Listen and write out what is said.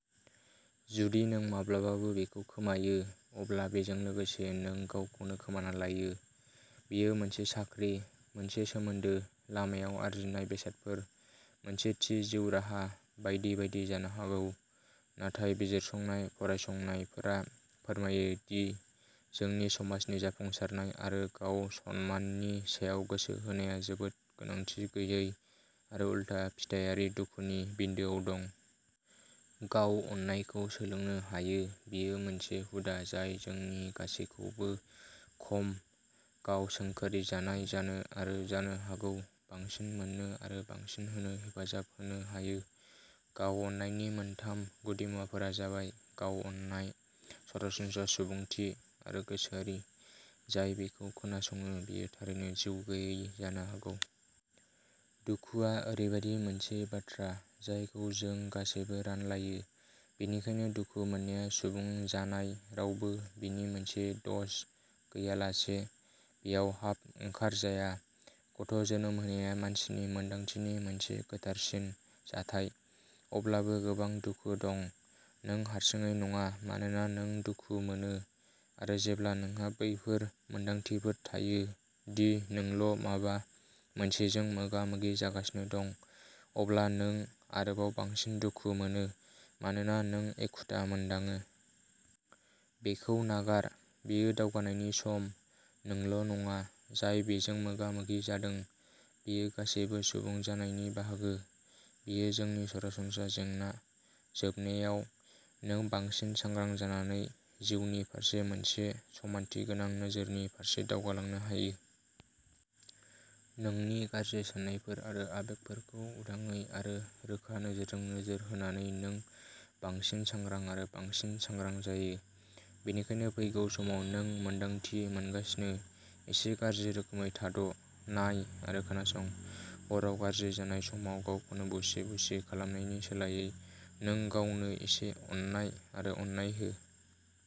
जुदि नों माब्लाबाबो बेखौ खोमायो, अब्ला बेजों लोगोसे नों गावखौनो खोमाना लायो। बेयो मोनसे साख्रि, मोनसे सोमोन्दो, लामायाव आरजिनाय बेसादफोर, मोनसे थि जिउ राहा बायदि बायदि जानो हागौ। नाथाय बिजिरसंनाय फरायसंनायफोरा फोरमायो दि जोंनि समाजनि जाफुंसारनाय आरो गाव-सनमाननि सायाव गोसो होनाया जोबोद गोनांथि गैयै आरो उलथा-फिथायारि दुखुनि बिन्दोआव दं। गाव-अननायखौ सोलोंनो हायो। बेयो मोनसे हुदा जाय जोंनि गासैखौबो खम गाव-सोंखारिजानाय जानो आरो जानो हागौ बांसिन मोननो आरो बांसिन होनो हेफाजाब होनो हायो। गाव-अननायनि मोनथाम गुदिमुवाफोरा जाबायः गाव-अननाय, सरासनस्रा सुबुंथि आरो गोसोआरि। जाय बेखौ खोनासङो, बियो थारैनो जिउगैयै जानो हागौ। दुखुआ ओरैबायदि मोनसे बाथ्रा जायखौ जों गासैबो रानलायो, बेनिखायनो दुखु मोननाया सुबुं जानाय-रावबो बेनि मोनसे द'ज गैयालासे बेयाव हाब-ओंखार जाया। गथ'जोनोम होनाया मानसिनि मोनदांथिनि मोनसे गोथारसिन जाथाय, अब्लाबो गोबां दुखु दं। नों हारसिङै नङा मानोना नों दुखु मोनो आरो जेब्ला नोंहा बैफोर मोनदांथिफोर थायो दि नोंल'माबा मोनसेजों मोगा-मोगि जागासिनो दं, अब्ला नों आरोबाव बांसिन दुखु मोनो मानोना नों एखुथा मोनदाङो। बेखौ नागार। बेयो दावगानायनि सम। नोंल'नङा जाय बेजों मोगा-मोगि जादों। बेयो गासैबो सुबुं जानायनि बाहागो। बेयो जोंनि सरासनस्रा जेंना। जोबनायाव, नों बांसिन सांग्रां जानानै जिउनि फारसे मोनसे समानथि गोनां नोजोरनि फारसे दावगालांनो हायो। नोंनि गाज्रि साननायफोर आरो आबेगफोरखौ उदाङै आरो रोखा नोजोरजों नोजोर होनानै, नों बांसिन सांग्रां आरो बांसिन सांग्रां जायो। बेनिखायनो फैगौ समाव नों मोन्दांथि मोनगासिनो। एसे गाज्रि रोखोमै, थाद ', नाय, आरो खोनासं। हराव गाज्रि जानाय समाव गावखौनो बुसि-बुसि खालामनायनि सोलायै, नोंगावनो एसे अननाय आरो अननाय हो।